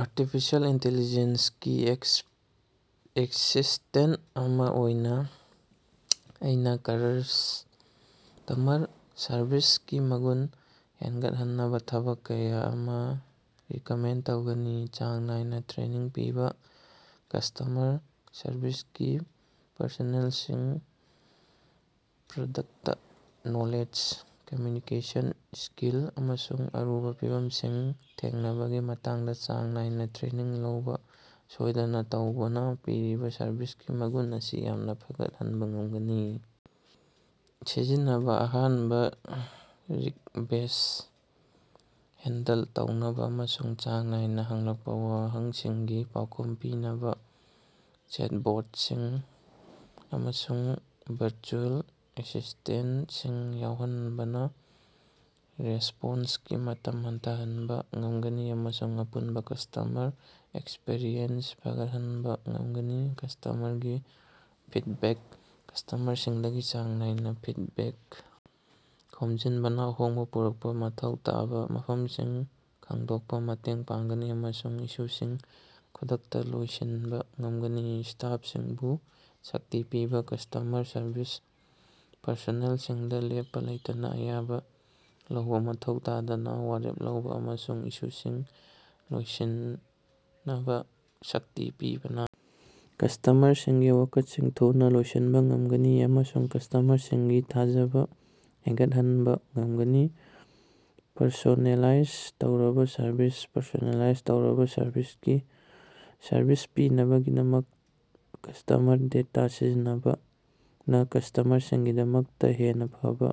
Artificial intelligence ꯒꯤ assistant ꯑꯃꯥ ꯑꯣꯏꯅ ꯑꯩꯅ ꯀꯁ꯭ꯇꯃꯔ ꯁꯔꯕꯤꯁꯀꯤ ꯃꯒꯨꯟ ꯍꯦꯟꯒꯠꯍꯟꯅꯕ ꯊꯕꯛ ꯀꯌꯥ ꯑꯃ ꯔꯤꯀꯃꯦꯟꯗ ꯇꯧꯒꯅꯤ꯫ ꯆꯥꯡ ꯅꯥꯏꯅ ꯇ꯭ꯔꯦꯅꯤꯡ ꯄꯤꯕ: ꯀꯁ꯭ꯇꯃꯔ ꯁꯔꯕꯤꯁꯀꯤ ꯄꯔꯁꯣꯅꯦꯜꯁꯤꯡꯅ ꯄ꯭ꯔꯗꯛꯇ ꯅꯣꯂꯦꯖ, ꯀꯝꯝꯌꯨꯅꯤꯀꯦꯁꯟ ꯁ꯭ꯀꯤꯜ, ꯑꯃꯁꯨꯡ ꯑꯔꯨꯕ ꯐꯤꯚꯝꯁꯤꯡ ꯊꯦꯡꯅꯕꯒꯤ ꯃꯇꯥꯡꯗ ꯆꯥꯡ ꯅꯥꯏꯅ ꯇ꯭ꯔꯦꯅꯤꯡ ꯂꯧꯕ ꯁꯣꯏꯗꯅ ꯇꯧꯕꯅ ꯄꯤꯔꯤꯕ ꯁꯔꯚꯤꯁꯀꯤ ꯃꯒꯨꯟ ꯑꯁꯤ ꯌꯥꯝꯅ ꯐꯒꯠꯍꯟꯕ ꯉꯝꯒꯅꯤ꯫. ꯁꯤꯖꯤꯟꯅꯕꯥ: ꯑꯍꯥꯟꯕ ꯔꯤꯛꯕꯦꯁ꯭ꯠ ꯍꯦꯟꯗꯜ ꯇꯧꯅꯕ ꯑꯃꯁꯨꯡ ꯆꯥꯡ ꯅꯥꯏꯅ ꯍꯪꯂꯛꯄ ꯋꯥꯍꯪꯁꯤꯡꯒꯤ ꯄꯥꯎꯈꯨꯝ ꯄꯤꯅꯕ ꯆꯦꯠꯕꯣꯠꯁꯤꯡ ꯑꯃꯁꯨꯡ ꯚꯔꯆꯨꯑꯦꯜ ꯑꯦꯁꯤꯁ꯭ꯇꯦꯟꯇꯁꯤꯡ ꯌꯥꯎꯍꯟꯕꯅ ꯔꯦꯁ꯭ꯄꯣꯟꯁꯀꯤ ꯃꯇꯝ ꯍꯟꯊꯍꯟꯕ ꯉꯝꯒꯅꯤ꯫ ꯑꯃꯁꯨꯡ ꯑꯄꯨꯟꯕ ꯀꯁ꯭ꯇꯃꯔ ꯑꯦꯛꯁꯄꯔꯤꯌꯦꯟꯁ ꯐꯒꯠꯍꯟꯕ ꯉꯝꯒꯅꯤ꯫ ꯀꯁ꯭ꯇꯃꯔꯒꯤ ꯐꯤꯗꯕꯦꯛ: ꯀꯁ꯭ꯇꯃꯔꯁꯤꯡꯗꯒꯤ ꯆꯥꯡ ꯅꯥꯏꯅꯥ ꯐꯤꯗꯕꯦꯛ ꯈꯣꯝꯖꯤꯟꯕꯅ ꯑꯍꯣꯡꯕ ꯄꯨꯔꯛꯄ ꯃꯊꯧ ꯇꯥꯕ ꯃꯐꯝꯁꯤꯡ ꯈꯪꯗꯣꯛꯄꯗ ꯃꯇꯦꯡ ꯄꯥꯡꯒꯅꯤ ꯑꯃꯁꯨꯡ ꯏꯁꯨꯁꯤꯡ ꯈꯨꯗꯛꯇ ꯂꯣꯏꯁꯤꯟꯕ ꯉꯝꯒꯅꯤ꯫ ꯁ꯭ꯇꯥꯐꯁꯤꯡꯕꯨ ꯁꯛꯇꯤ ꯄꯤꯕꯥ: ꯀꯁ꯭ꯇꯃꯔ ꯁꯔꯚꯤꯁ ꯄꯔꯁꯣꯅꯦꯜꯁꯤꯡꯗ ꯂꯦꯞꯄ ꯂꯩꯇꯅ ꯑꯌꯥꯕ ꯂꯧꯕ ꯃꯊꯧ ꯇꯥꯗꯅ ꯋꯥꯔꯦꯞ ꯂꯧꯕ ꯑꯃꯁꯨꯡ ꯏꯁꯨꯁꯤꯡ ꯂꯣꯏꯁꯤꯟꯅꯕ ꯁꯛꯇꯤ ꯄꯤꯕꯅ ꯀꯁ꯭ꯇꯃꯔꯁꯤꯡꯒꯤ ꯋꯥꯀꯠꯁꯤꯡ ꯊꯨꯅ ꯂꯣꯏꯁꯤꯟꯕ ꯉꯝꯒꯅꯤ ꯑꯃꯁꯨꯡ ꯀꯁ꯭ꯇꯃꯔꯁꯤꯡꯒꯤ ꯊꯥꯖꯕ ꯍꯦꯅꯒꯠꯍꯟꯕ ꯉꯝꯒꯅꯤ꯫ ꯄꯔꯁꯣꯅꯦꯂꯥꯏꯖ ꯇꯧꯔꯕ ꯁꯔꯚꯤꯁ: ꯄꯔꯁꯣꯅꯦꯂꯥꯏꯖ ꯇꯧꯔꯕ ꯁꯔꯚꯤꯁ ꯄꯤꯅꯕꯒꯤꯗꯃꯛ ꯀꯁ꯭ꯇꯃꯔ ꯗꯦꯇꯥ ꯁꯤꯖꯤꯟꯅꯕꯅ ꯀꯁ꯭ꯇꯃꯔꯁꯤꯡꯒꯤꯗꯃꯛꯇ ꯍꯦꯟꯅ ꯐꯕ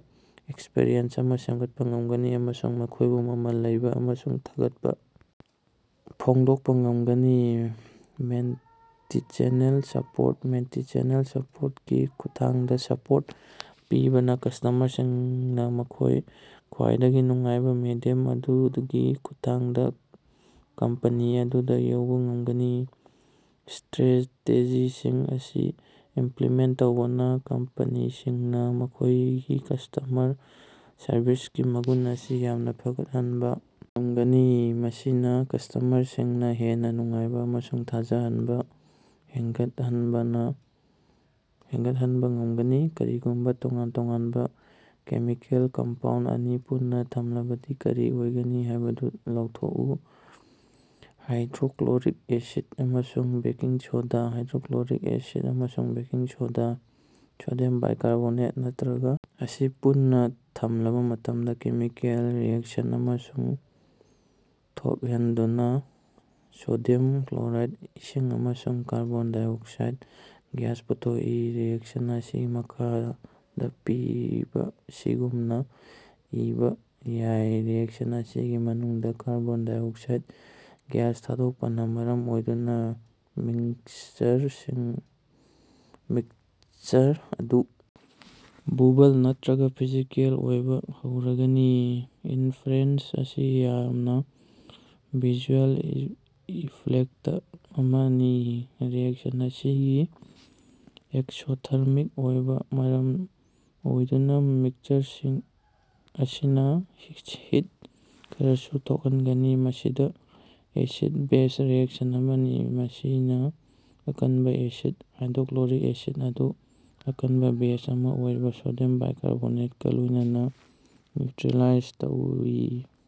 ꯑꯦꯛꯁꯄꯔꯤꯌꯦꯟꯁ ꯑꯃ ꯁꯦꯝꯒꯠꯄ ꯉꯝꯒꯅꯤ꯫ ꯑꯃꯁꯨꯡ ꯃꯈꯣꯏꯕꯨ ꯃꯃꯜ ꯂꯩꯕ ꯑꯃꯁꯨꯡ ꯊꯥꯒꯠꯄ ꯐꯣꯡꯗꯣꯛꯄ ꯉꯝꯒꯅꯤ꯫ ꯃꯜꯇꯤꯆꯦꯅꯦꯜ ꯁꯄꯣꯔꯠ: ꯃꯜꯇꯤꯆꯦꯅꯦꯜ ꯁꯄꯣꯔꯠ ꯒꯤ ꯈꯨꯠꯊꯥꯡꯗꯥ ꯁꯄꯣꯔꯠ ꯄꯤꯕꯅ ꯀꯁ꯭ꯇꯃꯔꯁꯤꯡꯅ ꯃꯈꯣꯏꯅ ꯈ꯭ꯋꯥꯏꯗꯒꯤ ꯅꯨꯡꯉꯥꯏꯕ ꯃꯦꯗꯤꯌꯝ ꯑꯗꯨꯒꯤ ꯈꯨꯠꯊꯥꯡꯗ ꯀꯝꯄꯅꯤ ꯑꯗꯨꯗ ꯌꯧꯕ ꯉꯝꯒꯅꯤ꯫ ꯁ꯭ꯇꯔꯦꯇꯦꯖꯤꯁꯤꯡ ꯑꯁꯤ ꯏꯃꯞꯂꯤꯃꯦꯟꯇ ꯇꯧꯕꯅ ꯀꯝꯄꯦꯅꯤꯁꯤꯡꯅ ꯃꯈꯣꯏꯒꯤ ꯀꯁ꯭ꯇꯃꯔ ꯁꯔꯕꯤꯁꯀꯤ ꯃꯒꯨꯟ ꯑꯁꯤ ꯌꯥꯝꯅ ꯐꯒꯠꯍꯟꯕ ꯉꯝꯒꯅꯤ꯫ ꯃꯁꯤꯅ ꯀꯁ꯭ꯇꯃꯔꯁꯤꯡ ꯍꯦꯟꯅ ꯅꯨꯡꯉꯥꯏꯕ ꯑꯃꯁꯨꯡ ꯊꯥꯖꯕ ꯍꯦꯟꯒꯠꯍꯟꯕ ꯉꯝꯒꯅꯤ꯫ ꯀꯔꯤꯒꯨꯝꯕ ꯇꯣꯉꯥꯟ-ꯇꯣꯉꯥꯟꯕ ꯀꯦꯃꯤꯀꯦꯜ ꯀꯝꯄꯥꯎꯟꯗ ꯑꯅꯤ ꯄꯨꯟꯅ ꯊꯝꯂꯕꯗꯤ ꯀꯔꯤ ꯑꯣꯏꯒꯅꯤ ꯍꯥꯏꯕꯗꯨ ꯂꯥꯎꯊꯣꯛꯎ꯫ ꯍꯥꯏꯗ꯭ꯔꯣꯀ꯭ꯂꯣꯔꯤꯛ ꯑꯦꯁꯤꯗ ꯑꯃꯁꯨꯡ ꯕꯦꯀꯤꯡ ꯁꯣꯗꯥ꯫ ꯍꯥꯏꯗ꯭ꯔꯣꯀ꯭ꯂꯣꯔꯤꯛ ꯑꯦꯁꯤꯗ ꯑꯃꯁꯨꯡ ꯕꯦꯀꯤꯡ ꯁꯣꯗꯥ (ꯁꯣꯗꯤꯌꯝ ꯕꯥꯏꯀꯥꯔꯕꯣꯅꯥꯏꯠ ꯅꯠꯇ꯭ꯔꯒ) ꯑꯁꯤ ꯄꯨꯟꯅ ꯊꯝꯂꯕ ꯃꯇꯝꯗ ꯀꯦꯃꯤꯀꯦꯜ ꯔꯤꯑꯦꯛꯁꯟ ꯑꯃ ꯊꯣꯚꯍꯟꯗꯨꯅ ꯁꯣꯗꯤꯌꯝ ꯀ꯭ꯂꯣꯔꯥꯏꯗ, ꯏꯁꯤꯡ ꯑꯃꯁꯨꯡ ꯀꯥꯔꯕꯣꯟ ꯗꯥꯏꯑꯣꯛꯁꯥꯏꯗ ꯒ꯭ꯌꯥꯁ ꯄꯨꯊꯣꯛꯏ꯫ ꯔꯤꯑꯦꯛꯁꯟ ꯑꯁꯤ ꯃꯈꯥꯗ ꯄꯤꯔꯤꯕꯁꯤꯒꯨꯝꯅꯥ ꯏꯕꯥ ꯌꯥꯏ ꯔꯤꯑꯦꯛꯁꯟ ꯑꯁꯤꯒꯤ ꯃꯅꯨꯡꯗ ꯀꯥꯔꯕꯣꯟ ꯗꯥꯏꯑꯣꯛꯁꯥꯏꯗ ꯒ꯭ꯌꯥꯁ ꯊꯥꯗꯣꯛꯄꯅ ꯃꯔꯝ ꯑꯣꯏꯗꯨꯅ ꯃꯤꯛꯁꯆꯔ ꯑꯗꯨ ꯕꯨꯕꯜ ꯅꯠꯇ꯭ꯔꯒ ꯐꯤꯖꯤꯀꯦꯜ ꯑꯣꯏꯕ ꯍꯧꯔꯒꯅꯤ꯫ ꯏꯐꯔꯦꯟꯁ ꯑꯁꯤ ꯌꯥꯝꯅꯥ ꯚꯤꯖꯨꯑꯦꯜ ꯏꯐꯦꯛꯇ ꯑꯃꯅꯤ꯫ ꯔꯤꯑꯦꯛꯁꯟ ꯑꯁꯤ ꯑꯦꯛꯁꯣꯊꯔꯃꯤꯛ ꯑꯣꯏꯕꯅ ꯃꯔꯝ ꯑꯣꯏꯗꯨꯅ ꯃꯤꯛꯁꯆꯔ ꯑꯁꯤꯅ ꯍꯤꯠ ꯈꯔꯁꯨ ꯊꯣꯛꯍꯟꯒꯅꯤ꯫ ꯃꯁꯤ ꯑꯦꯁꯤꯗ-ꯕꯦꯖ ꯔꯤꯑꯦꯛꯁꯟ ꯑꯃꯅꯤ꯫ ꯃꯁꯤꯅ ꯑꯀꯟꯕ ꯑꯦꯁꯤꯗ ꯍꯥꯏꯗ꯭ꯔꯣꯛꯂꯣꯔꯤꯛ ꯑꯦꯁꯤꯗ ꯑꯗꯨ ꯑꯀꯟꯕ ꯕꯦꯖ ꯑꯃ ꯑꯣꯏꯔꯤꯕ ꯁꯣꯗꯤꯌꯝ ꯕꯥꯏꯀꯥꯔꯕꯣꯅꯦꯇꯀ ꯂꯣꯏꯅꯅ ꯅ꯭ꯌꯨꯇ꯭ꯔꯤꯂꯥꯏꯖ ꯇꯧꯏ꯫